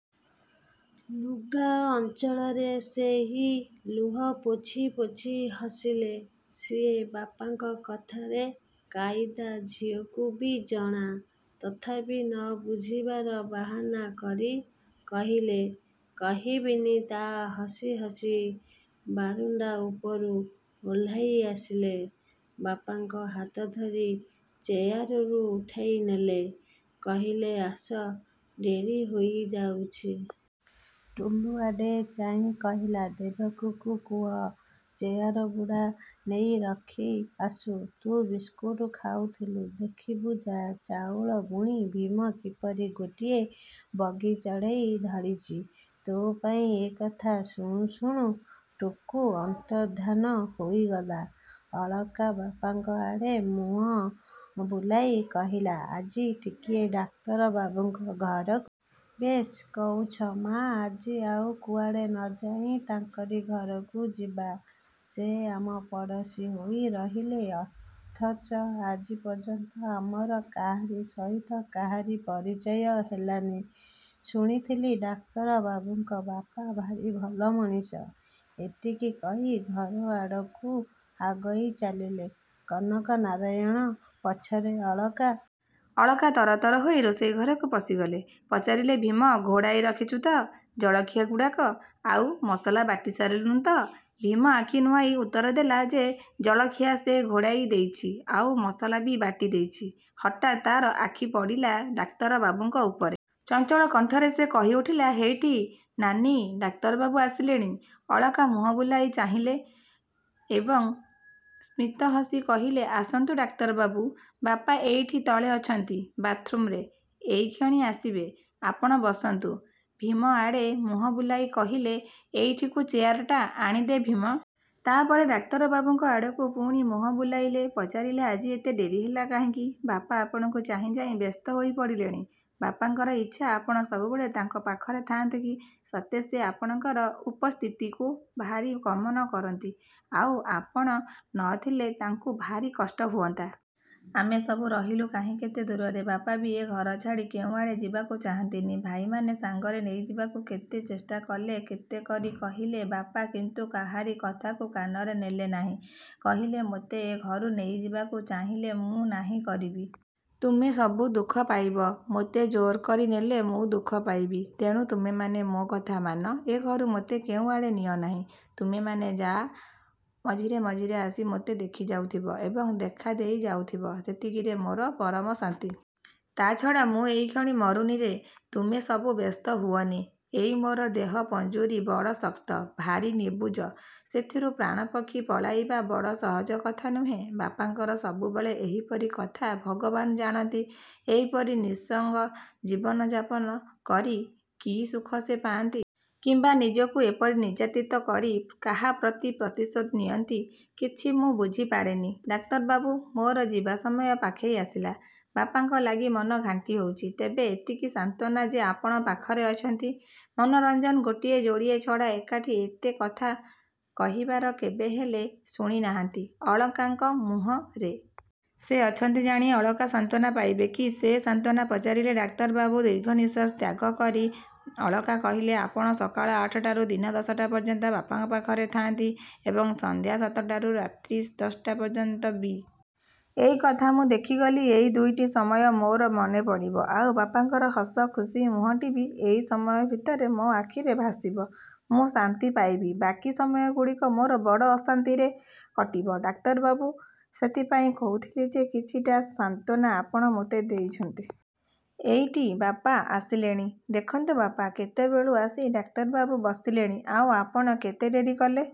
ଲୁଗାଅଞ୍ଚଳରେ ସେହି ଲୁହ ପୋଛି ପୋଛି ହସିଲେ ସିଏ। ବାପାଙ୍କ କଥାରେ କାଇଦା ଝିଅକୁ ବି ଜଣା। ତଥାପି ନ ବୁଝିବାର ବାହାନା କରି କହିଲେ କହିବିନି ତା ହସି ହସି ବାରଣ୍ଡା ଉପରୁ ଓହ୍ଲାଇଆସିଲେ। ବାପାଙ୍କ ହାତଧରି ଚେୟାରରୁ ଉଠାଇନେଲେ। କହିଲେ ଆସ ଡେରି ହୋଇଯାଉଛି। ଟୁଲୁଆଡ଼େ ଚାହିଁ କହିଲେ, ଦେବକୀକୁ କହ, ଚେୟାରଗୁଡ଼ା ନେଇରଖି ଆସୁ। ତୁ ବିସ୍କୁଟ୍ ଖାଉଥୁଲୁ? ଦେଖିବୁ ଯା, ଚାଉଳ ବୁଣି ଭୀମ କିପରି ଗୋଟିଏ ବଗିଚଢ଼େଇ ଧରିଛି ତୋ ପାଇଁ। ଏ କଥା ଶୁଣୁ ଶୁଣୁ ଟୁକୁ ଅନ୍ତର୍ଦ୍ଧାନ ହୋଇଗଲା। ଅଳକା ବାପାଙ୍କଆଡ଼େ ମୁହଁ ବୁଲାଇ କହିଲା ଆଜି ଟିକିଏ ଡାକ୍ତର ବାବୁଙ୍କ ଘର ବେଶ୍ କହୁଛ ମା', ଆଜି ଆଉ କୁଆଡ଼େ ନ ଯାଇ ତାଙ୍କରି ଘରକୁ ଯିବା। ସେ ଆମ ପଡ଼ୋଶୀ ହୋଇ ରହିଲେ ଅଥଚ ଆଜିପର୍ଯ୍ୟନ୍ତ ଆମର କାହାରି ସହିତ କାହାରି ପରିଚୟ ହେଲାନି। ଶୁଣିଥିଲି ଡାକ୍ତର ବାବୁଙ୍କ ବାପା ଭାରି ଭଲ ମଣିଷ। ଏତିକି କହି ଘରଆଡ଼କୁ ଆଗଇ ଚାଲିଲେ କନକ ନାରାୟଣ, ପଛରେ ଅଳକା। ଅଳକା ତର ତର ହୋଇ ରୋଷେଇ ଘରକୁ ପଶିଗଲେ। ପଚାରିଲେ ଭୀମ ଘୋଡ଼ାଇ ରଖିଛୁ ତ ଜଳଖିଆଗୁଡ଼ାକ? ଆଉ ମସଲା ବାଟି ସାରିଲୁଣି ତ? ଭୀମ ଆଖି ନୁଆଇ ଉତ୍ତର ଦେଲା ଯେ, ଜଳଖିଆ ସେ ଘୋଡ଼ାଇ ଦେଇଛି, ଆଉ ମସଲା ବି ବାଟିଦେଇଛି। ହଠାତ୍ ତା'ର ଆଖିପଡ଼ିଲା ଡାକ୍ତର ବାବୁଙ୍କ ଉପରେ। ଚଞ୍ଚଳ କଣ୍ଠରେ ସେ କହିଉଠିଲା ହେଇଟି ନାନୀ ଡାକ୍ତରବାବୁ ଆସିଲେଣି। ଅଳକା ମୁହଁବୁଲାଇ ଚାହିଁଲେ ଏବଂ ସ୍ମିତ ହସି କହିଲେ ଆସନ୍ତୁ ଡାକ୍ତରବାବୁ। ବାପା ଏଇଠି ତଳେ ଅଛନ୍ତି। ବାଥ୍ରୁମ୍ରେ। ଏଇକ୍ଷଣି ଆସିବେ। ଆପଣ ବସନ୍ତୁ। ଭୀମଆଡ଼େ ମୁହଁବୁଲାଇ କହିଲେ ଏଇଠିକୁ ଚେୟାରଟା ଆଣିଦେ ଭୀମ। ତା'ପରେ ଡାକ୍ତରବାବୁଙ୍କ ଆଡ଼କୁ ପୁଣି ମୁହଁ ବୁଲାଇଲେ। ପଚାରିଲେ ଆଜି ଏତେ ଡେରିହେଲା କାହିଁକି? ବାପା ଆପଣଙ୍କୁ ଚାହିଁ ଚାହିଁ ବ୍ୟସ୍ତ ହୋଇପଡ଼ିଲେଣି। ବାପାଙ୍କର ଇଚ୍ଛା ଆପଣ ସବୁବେଳେ ତାଙ୍କ ପାଖରେ ଥାନ୍ତେ କି? ସତେ, ସେ ଆପଣଙ୍କର ଉପସ୍ଥିତିକୁ ଭାରି କମନ କରନ୍ତି। ଆଉ, ଆପଣ ନ ଥିଲେ ତାଙ୍କୁ ଭାରି କଷ୍ଟ ହୁଅନ୍ତା। ଆମେ ସବୁ ରହିଲୁ କାହିଁକେତେ ଦୂରରେ, ବାପା ବି ଏ ଘରଛାଡ଼ି କେଉଁଆଡ଼େ ଯିବାକୁ ଚାହାନ୍ତିନି। ଭାଇନାମାନେ ସାଙ୍ଗରେ ନେଇଯିବାକୁ କେତେ ଚେଷ୍ଟାକଲେ, କେତେକରି କହିଲେ। ବାପା କିନ୍ତୁ କାହାରି କଥାକୁ କାନରେ ନେଲେ ନାହିଁ। କହିଲେ ମୋତେ ଏ ଘରୁ ନେଇଯିବାକୁ ଚାହିଁଲେ ମୁଁ ନାହିଁ କରିବି। ତୁମେ ସବୁ ଦୁଃଖ ପାଇବ। ମୋତେ ଜୋର କରି ନେଲେ ମୁଁ ଦୁଃଖ ପାଇବି। ତେଣୁ ତୁମେମାନେ ମୋ କଥା ମାନ। ଏ ଘରୁ ମୋତେ କେଉଁଆଡ଼େ ନିଅନାହିଁ। ତୁମେମାନେ ଯାଆ। ମଝିରେ ମଝିରେ ଆସି ମୋତେ ଦେଖି ଯାଉଥିବ ଏବଂ ଦେଖାଦେଇ ଯାଉଥିବ, ସେତିକିରେ ମୋର ପରମ ଶାନ୍ତି। ତା'ଛଡ଼ା, ମୁଁ ଏଇକ୍ଷଣି ମରୁନିରେ, ତୁମେ ସବୁ ବ୍ୟସ୍ତ ହୁଅନି। ଏଇ ମୋର ଦେହ ପଞ୍ଜୁରି ବଡ଼ ଶକ୍ତ, ଭାରି ନିବୁଜ, ସେଥିରୁ ପ୍ରାଣପକ୍ଷୀ ପଳାଇବା ବଡ଼ ସହଜକଥା ନୁହେଁ। ବାପାଙ୍କର ସବୁବେଳେ ଏହିପରି କଥା। ଭଗବାନ ଜାଣନ୍ତି, ଏଇପରି ନିଃସଙ୍ଗ ଜୀବନଯାପନ କରିକି ସୁଖ ସେ ପାଆନ୍ତି। କିମ୍ବା ନିଜକୁ ଏପରି ନିର୍ଯ୍ୟାତୀତ କରି କାହାପ୍ରତି ପ୍ରତିଶୋଧ ନିଅନ୍ତି। କିଛି ମୁଁ ବୁଝିପାରେନି ଡାକ୍ତରବାବୁ। ମୋର ଯିବାସମୟ ପାଖେଇ ଆସିଲା। ବାପାଙ୍କଲାଗି ମନ ଘାଣ୍ଟି ହଉଛି। ତେବେ ଏତିକି ସାନ୍ତ୍ୱନା ଯେ ଆପଣ ପାଖରେ ଅଛନ୍ତି। ମନୋରଞ୍ଜନ ଗୋଟିଏ ଯୋଡ଼ିଏ ଛଡ଼ା ଏକାଠି ଏତେ କଥା କହିବାର କେବେହେଲେ ଶୁଣିନାହାନ୍ତି ଅଳକାଙ୍କ ମୁହଁରେ। ସେ ଅଛନ୍ତି ଜାଣି ଅଳକା ସାନ୍ତ୍ୱନା ପାଇବେ! କି ସେ ସାନ୍ତ୍ୱନା ପଚାରିଲେ ଡାକ୍ତରବାବୁ! ଦୀର୍ଘ ନିଶ୍ୱାସ ତ୍ୟାଗ କରି ଅଳକା କହିଲେ ଆପଣ ସକାଳ ଆଠଟାରୁ ଦିନ ଦଶଟା ପର୍ଯ୍ୟନ୍ତ ବାପାଙ୍କ ପାଖରେ ଥାନ୍ତି ଏବଂ ସନ୍ଧ୍ୟା ସାତଟାରୁ ରାତ୍ରି ଦଶଟା ପର୍ଯ୍ୟନ୍ତ ବି। ଏଇ କଥା ମୁଁ ଦେଖିଗଲି। ଏହି ଦୁଇଟି ସମୟ ମୋର ମନେପଡ଼ିବ। ଆଉ ବାପାଙ୍କର ହସ ଖୁସି ମୁହଁଟି ବି ଏଇ ସମୟ ଭିତରେ ମୋ ଆଖିରେ ଭାସିବ। ମୁଁ ଶାନ୍ତି ପାଇବି। ବାକି ସମୟଗୁଡ଼ିକ ମୋର ବଡ଼ ଅଶାନ୍ତିରେ କଟିବ ଡାକ୍ତରବାବୁ। ସେଥିପାଇଁ କହୁଥିଲି ଯେ କିଛିଟା ସାନ୍ତ୍ୱନା ଆପଣ ମୋତେ ଦେଇଛନ୍ତି। ଏଇଟି, ବାପା ଆସିଲେଣି। ଦେଖନ୍ତୁ ବାପା, କେତେବେଳୁ ଆସି ଡାକ୍ତରବାବୁ ବସିଲେଣି ଆଉ ଆପଣ କେତେ ଡେରିକଲେ।